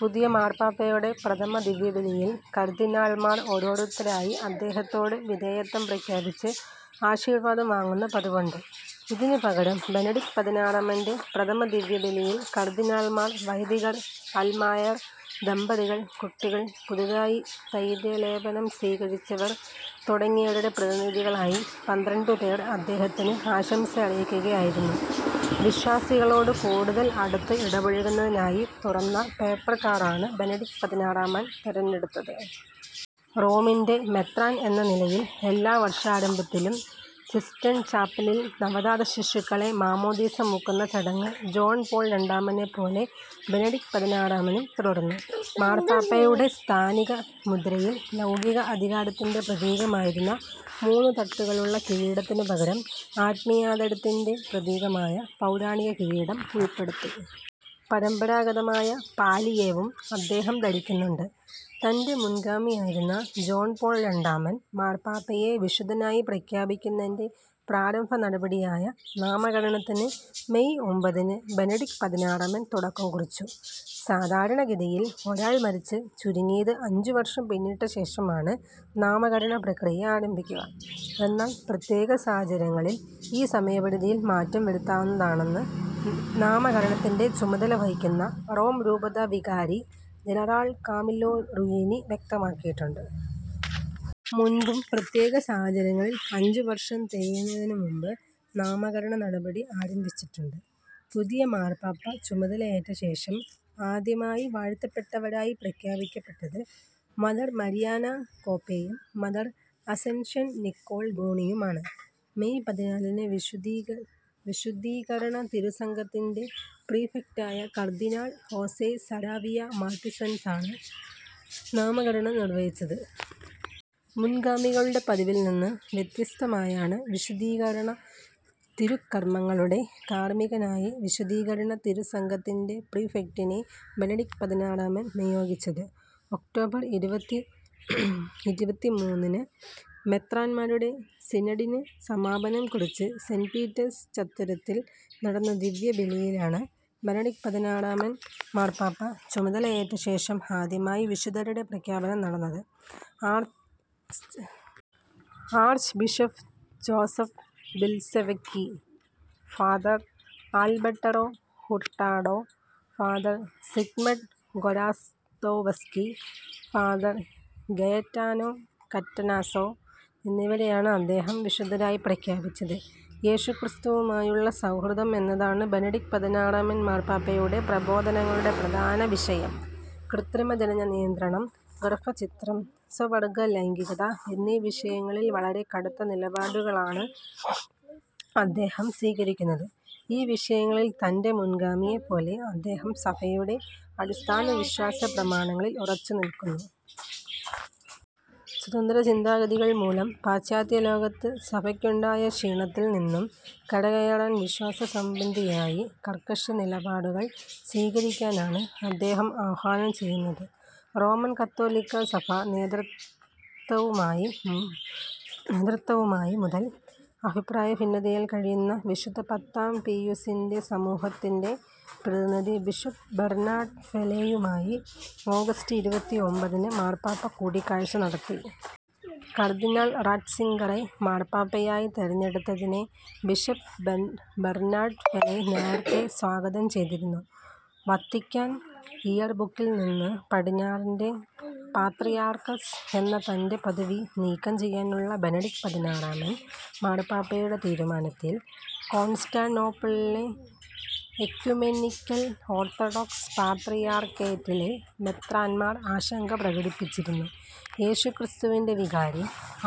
പുതിയ മാർപ്പാപ്പയുടെ പ്രഥമ ദിവ്യബലിയിൽ കർദ്ദിനാൾമാർ ഓരോരുത്തരായി അദ്ദേഹത്തോട് വിധേയത്വം പ്രഖ്യാപിച്ച് ആശീർവാദം വാങ്ങുന്ന പതിവുണ്ട്. ഇതിനു പകരം ബെനഡിക്ട് പതിനാറാമൻ്റെ പ്രഥമ ദിവ്യബലിയിൽ കർദ്ദിനാൾമാർ, വൈദികർ, അൽമായർ, ദമ്പതികൾ, കുട്ടികൾ, പുതിയതായി സ്ഥൈര്യലേപനം സ്വീകരിച്ചവർ തുടങ്ങിയവരുടെ പ്രതിനിധികളായി പന്ത്രണ്ടുപേർ അദ്ദേഹത്തിന് ആശംസയറിയിക്കുകയായിരുന്നു. വിശ്വാസികളോട് കൂടുതൽ അടുത്ത് ഇടപഴകുന്നതിനായി തുറന്ന പേപ്പൽ കാറാണ് ബെനഡിക്ട് പതിനാറാമൻ തെരഞ്ഞെടുത്തത്. റോമിൻ്റെ മെത്രാൻ എന്ന നിലയിൽ എല്ലാ വർഷാരംഭത്തിലും സിസ്റ്റൈൻ ചാപ്പലിൽ നവജാത ശിശുക്കളെ മാമ്മോദീസ മുക്കുന്ന ചടങ്ങ് ജോൺ പോൾ രണ്ടാമനെപ്പോലെ ബെനഡിക്ട് പതിനാറാമനും തുടർന്നു. മാർപ്പാപ്പയുടെ സ്ഥാനിക മുദ്രയിൽ ലൗകിക അധികാരത്തിൻ്റെ പ്രതീകമായിരുന്ന മൂന്ന് തട്ടുകളുള്ള കിരീടത്തിനു പകരം ആത്മീയാധികാരത്തിൻ്റെ പ്രതീകമായ പൗരാണിക കിരീടം ഉൾപ്പെടുത്തി. പരമ്പരാഗതമായ പാല്ലിയവും അദ്ദേഹം ധരിക്കുന്നുണ്ട്. തൻ്റെ മുൻഗാമിയായിരുന്ന ജോൺ പോൾ രണ്ടാമൻ മാർപ്പാപ്പയെ വിശുദ്ധനായി പ്രഖ്യാപിക്കുന്നതിൻ്റെ പ്രാരംഭ നടപടിയായ നാമകരണത്തിന് മേയ് ഒമ്പതിന് ബെനഡിക്ട് പതിനാറാമൻ തുടക്കം കുറിച്ചു. സാധാരണ ഗതിയിൽ ഒരാൾ മരിച്ച് ചുരുങ്ങിയത് അഞ്ച് വർഷം പിന്നിട്ട ശേഷമാണ് നാമകരണ പ്രക്രിയ ആരംഭിക്കുക. എന്നാൽ പ്രത്യേക സാഹചര്യങ്ങളിൽ ഈ സമയപരിധിയിൽ മാറ്റം വരുത്താവുന്നതാണെന്ന് നാമകരണത്തിൻ്റെ ചുമതല വഹിക്കുന്ന റോം രൂപതാ വികാരി ജനറാൾ കാമില്ലോ റൂയിനി വ്യക്താക്കിയിട്ടുണ്ട്. മുൻപും പ്രത്യേക സാഹചര്യങ്ങളിൽ അഞ്ച് വർഷം തികയുന്നതിനു മുൻപ് നാമകരണ നടപടി ആരംഭിച്ചിട്ടുണ്ട്. പുതിയ മാർപ്പാപ്പ ചുമതലയേറ്റശേഷം ആദ്യമായി വാഴ്ത്തപ്പെട്ടവരായി പ്രഖ്യാപിക്കപ്പെട്ടത് മദർ മരിയാനെ കോപെയും മദർ അസെൻഷൻ നിക്കോൾ ഗോണിയുമാണ്. മേയ് പതിനാലിന് വിശുദ്ധീകരണ തിരുസംഘത്തിൻ്റെ പ്രീഫെക്ടായ കർദ്ദിനാൾ ഹോസെ സരാവിയ മാർട്ടിൻസാണ് നാമകരണം നിർവഹിച്ചത്. മുൻഗാമികളുടെ പതിവിൽനിന്ന് വ്യത്യസ്തമായാണ് വിശുദ്ധീകരണ തിരുക്കർമകളുടെ കാർമികനായി വിശുദ്ധീകരണ തിരുസംഘത്തിൻ്റെ പ്രീഫെക്ടിനെ ബെനഡിക്ട് പതിനാറാമൻ നിയോഗിച്ചത്. ഒക്ടോബർ ഇരുപത്തിമൂന്നിന് മെത്രാൻമാരുടെ സിനഡിന് സമാപനം കുറിച്ച് സെന്റ് പീറ്റേഴ്സ് ചത്വരത്തിൽ നടന്ന ദിവ്യബലിയിലാണ് ബെനഡിക്ട് പതിനാറാമൻ മാർപ്പാപ്പ ചുമതലയേറ്റശേഷം ആദ്യമായി വിശുദ്ധരുടെ പ്രഖ്യാപനം നടന്നത്. ആർച്ച് ബിഷപ്പ് ജോസഫ് ബിൽസെവ്സ്കി, ഫാ. ആൽബെർട്ടോ ഹുർട്ടാഡോ, ഫാ. സിഗ്മണ്ട് ഗൊരാസ്ദോവ്സ്കി, ഫാ. ഗയെറ്റാനോ കറ്റനോസോ എന്നിവരെയാണ് അദ്ദേഹം വിശുദ്ധരായി പ്രഖ്യാപിച്ചത്. യേശുക്രിസ്തുവുമായുള്ള സൗഹൃദം എന്നതാണ് ബെനഡിക്ട് പതിനാറാമൻ മാർപ്പാപ്പയുടെ പ്രബോധനങ്ങളുടെ പ്രധാന വിഷയം. കൃത്രിമ ജനനനിയന്ത്രണം, ഗർഭഛിദ്രം, സ്വവർഗ ലൈംഗികത എന്നീ വിഷയങ്ങളിൽ വളരെ കടുത്ത നിലപാടുകളാണ് അദ്ദേഹം സ്വീകരിക്കുന്നത്. ഈ വിഷയങ്ങളിൽ തൻ്റെ മുൻഗാമിയെപ്പോലെ അദ്ദേഹം സഭയുടെ അടിസ്ഥാന വിശ്വാസ പ്രമാണങ്ങളിൽ ഉറച്ചുനിൽക്കുന്നു. സ്വതന്ത്ര ചിന്താഗതികൾ മൂലം പാശ്ചാത്യ ലോകത്ത് സഭയ്ക്കുണ്ടായ ക്ഷീണത്തിൽനിന്നും കരകയറാൻ വിശ്വാസ സംബന്ധിയായി കർക്കശ നിലപാടുകൾ സ്വീകരിക്കാനാണ് അദ്ദേഹം ആഹ്വാനം ചെയ്യുന്നത്. റോമൻ കത്തോലിക്കാ സഭാ നേതൃത്വവുമായി മുതൽ അഭിപ്രായ ഭിന്നതയിൽ കഴിയുന്ന വിശുദ്ധ പത്താം പീയുസിൻ്റെ സമൂഹത്തിൻ്റെ പ്രതിനിധി ബിഷപ്പ് ബെർനാഡ് ഫെലേയുമായി ഓഗസ്റ്റ് ഇരുപത്തിയൊമ്പതിന് മാർപ്പാപ്പ കൂടിക്കാഴ്ച നടത്തി. കർദ്ദിനാൾ റാറ്റ്സിംഗറെ മാർപ്പാപ്പയായി തെരഞ്ഞെടുത്തതിനെ ബിഷപ്പ് ബെർനാഡ് ഫെലേ നേരത്തെ സ്വാഗതം ചെയ്തിരുന്നു. വത്തിക്കാൻ ഇയർ ബുക്കിൽനിന്ന് പടിഞ്ഞാറിൻ്റെ പാത്രിയാർക്കീസ് എന്ന തൻ്റെ പദവി നീക്കം ചെയ്യാനുള്ള ബെനഡിക്ട് പതിനാറാമൻ മാർപ്പാപ്പയുടെ തീരുമാനത്തിൽ കോൺസ്റ്റാന്റിനോപ്പിളിലെ എക്യുമെനിക്കൽ ഓർത്തഡോക്സ് പാത്രിയാർക്കേറ്റിലെ മെത്രാൻമാർ ആശങ്ക പ്രകടിപ്പിച്ചിരുന്നു. യേശുക്രിസ്തുവിൻ്റെ വികാരി,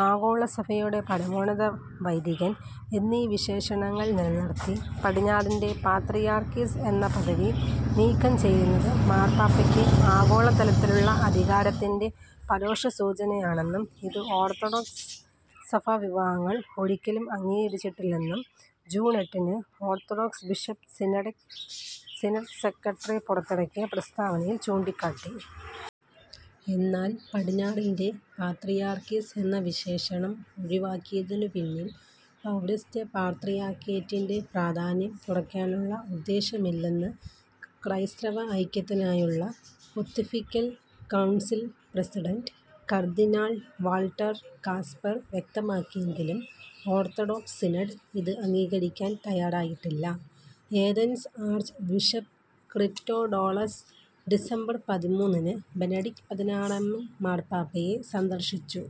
ആഗോള സഭയുടെ പരമോന്നത വൈദികൻ എന്നീ വിശേഷണങ്ങൾ നിലനിർത്തി പടിഞ്ഞാറിൻ്റെ പാത്രിയാർക്കീസ് എന്ന പദവി നീക്കം ചെയ്യുന്നത് മാർപ്പാപ്പയ്ക്ക് ആഗോള തലത്തിലുള്ള അധികാരത്തിൻ്റെ പരോക്ഷ സൂചനയാണെന്നും ഇത് ഓർത്തഡോക്സ് സഭാ വിഭാഗങ്ങൾ ഒരിക്കലും അംഗീകരിച്ചിട്ടില്ലെന്നും ജൂൺ എട്ടിന് ഓർത്തഡോക്സ് ബിഷപ്പ്സ് സിനഡ് സെക്രട്ടറി പുറത്തിറക്കിയ പ്രസ്താവനയിൽ ചൂണ്ടിക്കാട്ടി. എന്നാൽ പടിഞ്ഞാറിൻ്റെ പാത്രിയാർക്കീസ് എന്ന വിശേഷണം ഒഴിവാക്കിയതിനു പിന്നിൽ പൗരസ്ത്യ പാത്രിയാർക്കേറ്റിൻ്റെ പ്രാധാന്യം കുറയ്ക്കാനുള്ള ഉദ്ദേശ്യമില്ലെന്ന് ക്രൈസ്തവ ഐക്യത്തിനായുള്ള പൊന്തിഫിക്കൽ കൗൺസിൽ പ്രസിഡന്റ് കർദ്ദിനാൾ വാൾട്ടർ കാസ്പെർ വ്യക്തമാക്കിയെങ്കിലും ഓർത്തഡോക്സ് സിനഡ് ഇത് അംഗീകരിക്കാൻ തയ്യാറായിട്ടില്ല. Athens archbishop Christodoulos December പതിമൂന്നിന് ബെനഡിക്ട് പതിനാറാമൻ മാർപ്പാപ്പയെ സന്ദർശിച്ചു.